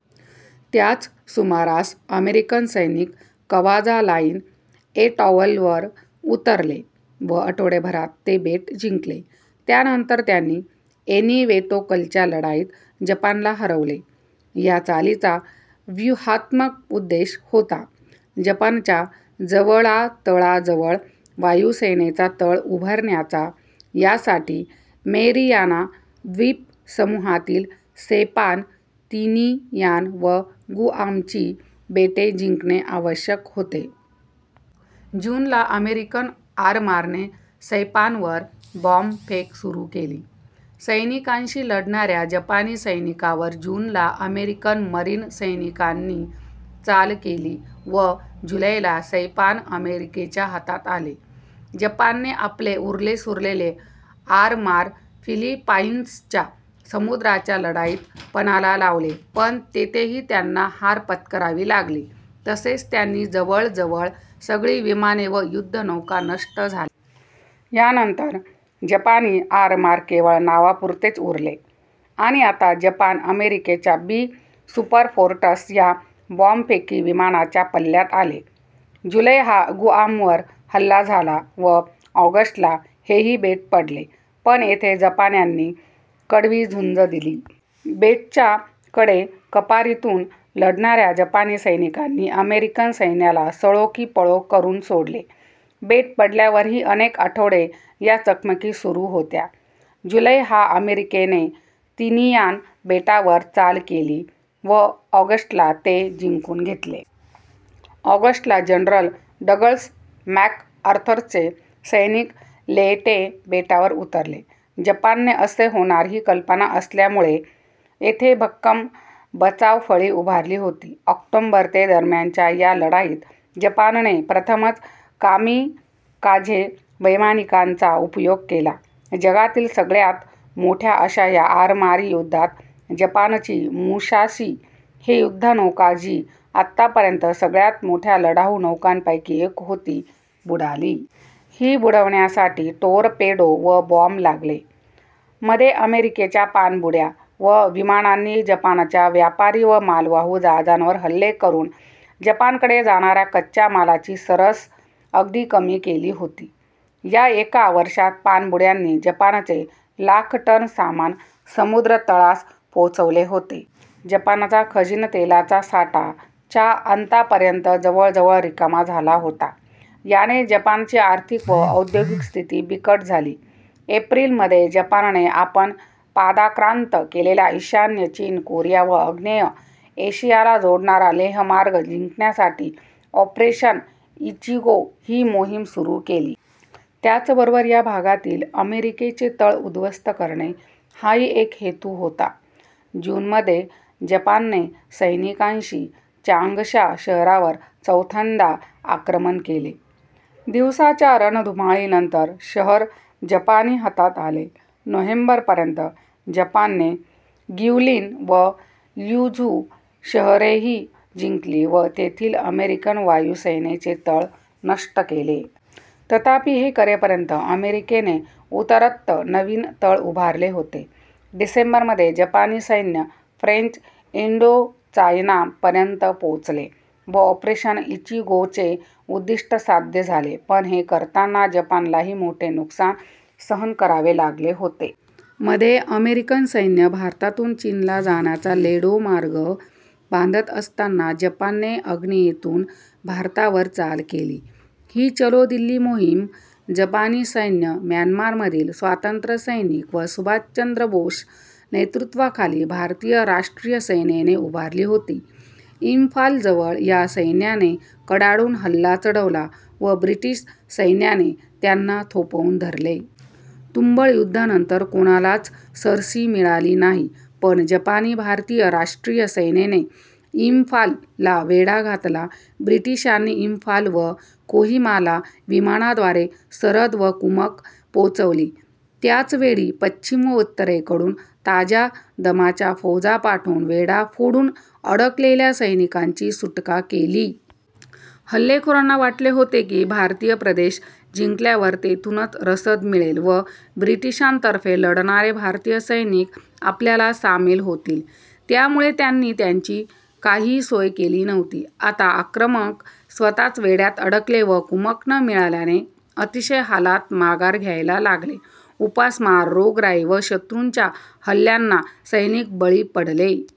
त्याच सुमारास अमेरिकन सैनिक क्वाजालाइन एटॉलवर उतरले व आठवड्याभरात ते बेट जिंकले. त्यानंतर त्यांनी एनिवेटोकच्या लढाईत जपानला हरवले. या चालींचा व्यूहात्मक उद्देश होता जपानच्या जवळातजवळ वायुसेनेचा तळ उभारण्याचा. यासाठी मेरियाना द्वीपसमूहातील सैपान, तिनियान व गुआमची बेटे जिंकणे आवश्यक होते. जून ला अमेरिकन आरमाराने सैपानवर बॉम्बफेक सुरू केली. सैनिकांनीशी लढणाऱ्या जपानी सैन्यावर जून ला अमेरिकन मरीन सैनिकांनी चाल केली व जुलै ला सैपान अमेरिकेच्या हातात आले. जपानने आपले उरलेसुरले आरमार फिलिपाईन्सच्या समुद्राच्या लढाईत पणाला लावले पण तेथेही त्यांना हार पत्करावी लागली तसेच त्यांची जवळजवळ सगळी विमाने व युद्धनौका नष्ट झाल्या. यानंतर जपानी आरमार केवळ नावापुरतेच उरले आणि आता जपान अमेरिकेच्या बी. सुपरफोर्ट्रेस या बॉम्बफेकी विमानांच्या पल्ल्यात आले. जुलै ला गुआमवर हल्ला झाला व ऑगस्ट ला हेही बेट पडले पण येथे जपान्यांनी कडवी झुंज दिली. बेटाच्या कडे-कपारींतून लढणाऱ्या जपानी सैनिकांनी अमेरिकन सैन्याला सळो की पळो करून सोडले. बेट पडल्यावरही अनेक आठवडे या चकमकी सुरू होत्या. जुलै ला अमेरिकेने तिनियान बेटावर चाल केली व ऑगस्ट ला ते जिंकून घेतले. ऑक्टोबर ला जनरल डग्लस मॅकआर्थरचे सैनिक लेयटे बेटावर उतरले. जपानने असे होणार ही कल्पना असल्यामुळे येथे भक्कम बचावफळी उभारली होती. ऑक्टोबर ते दरम्यानच्या या लढाईत जपानने प्रथमतः कामिकाझे वैमानिकांचा उपयोग केला. जगातील सगळ्यात मोठ्या अशा या आरमारी युद्धात जपानची मुसाशी हे युद्धनौका, जी आत्तापर्यंतच्या सगळ्यात मोठ्या लढाऊ नौकांपैकी एक होती, बुडाली. ही बुडवण्यासाठी टोरपेडो व बॉम्ब लागले. मध्ये अमेरिकेच्या पाणबुड्या व विमानांनी जपानच्या व्यापारी व मालवाहू जहाजांवर हल्ले करून जपानकडे जाणाऱ्या कच्च्या मालाची रसद अगदी कमी केली होती. या एका वर्षात पाणबुड्यांनी जपानचे लाख टन सामान समुद्रतळास पोचवले होते. जपानचा खनिज तेलाचा साठा च्या अंतापर्यंत जवळजवळ रिकामा झाला होता. याने जपानची आर्थिक व औद्योगिक स्थिती बिकट झाली. एप्रिल मध्ये जपानने आपण पादाक्रांत केलेल्या ईशान्य चीन, कोरिया व आग्नेय एशियाला जोडणारा लोहमार्ग जिंकण्यासाठी ऑपरेशन इचिगो ही मोहीम सुरू केली. त्याचबरोबर या भागातील अमेरिकेचे तळ उद्ध्वस्त करणे हाही एक हेतु होता. जून मध्ये जपानने सैनिकांनिशी चांग्शा शहरावर चौथ्यांदा आक्रमण केले. दिवसांच्या रणधुमाळीनंतर शहर जपानी हातात आले. नोव्हेंबर पर्यंत जपानने ग्विलिन व ल्युझू शहरेही जिंकली व तेथील अमेरिकन वायुसेनेचे तळ नष्ट केले. तथापि हे करेपर्यंत अमेरिकेने उतरत्त नवीन तळ उभारले होते. डिसेंबर मध्ये जपानी सैन्य फ्रेंच इंडोचायना पर्यंत पोचले व ऑपरेशन इचिगोचे उद्दिष्ट साध्य झाले पण हे करताना जपानलाही मोठे नुकसान सहन करावे लागले होते. मध्ये अमेरिकन सैन्य भारतातून चीनला जाण्यासाठीचा लेडो मार्ग बांधत असताना जपानने आग्नेयेतून भारतावर चाल केली. ही चलो दिल्ली मोहीम जपानी सैन्य, म्यानमारमधील स्वातंत्र्यसैनिक व सुभाषचंद्र बोसच्या नेतृत्वाखालील भारतीय राष्ट्रीय सेनेने उभारली होती. इंफालजवळ या सैन्याने कडाडून हल्ला चढवला पण ब्रिटिश सैन्याने त्यांना थोपवून धरले. तुंबळ युद्धानंतर कोणालाच सरशी मिळाली नाही पण जपानी/भारतीय राष्ट्रीय सेनेने इंफालला वेढा घातला. ब्रिटिशांनी इंफाल व कोहिमाला विमानाद्वारे रसद व कुमक पोचवली. त्याचवेळी पश्चिम व उत्तरेकडून ताज्या दमाच्या फौजा पाठवून वेढा फोडून अडकलेल्या सैन्याची सुटका केली. हल्लेखोरांना वाटले होते की भारतीय प्रदेश जिंकल्यावर तेथूनच रसद मिळेल व ब्रिटिशांतर्फे लढणारे भारतीय सैनिक आपल्याला सामील होतील, त्यामुळे त्यांनी त्याची काही सोय केलेली नव्हती. आता आक्रमक स्वतःच वेढ्यात अडकले व कुमक न मिळाल्याने अतिशय हालात माघार घ्यालला लागले. उपासमार, रोगराई व शत्रूच्या हल्ल्यांना सैनिक बळी पडले.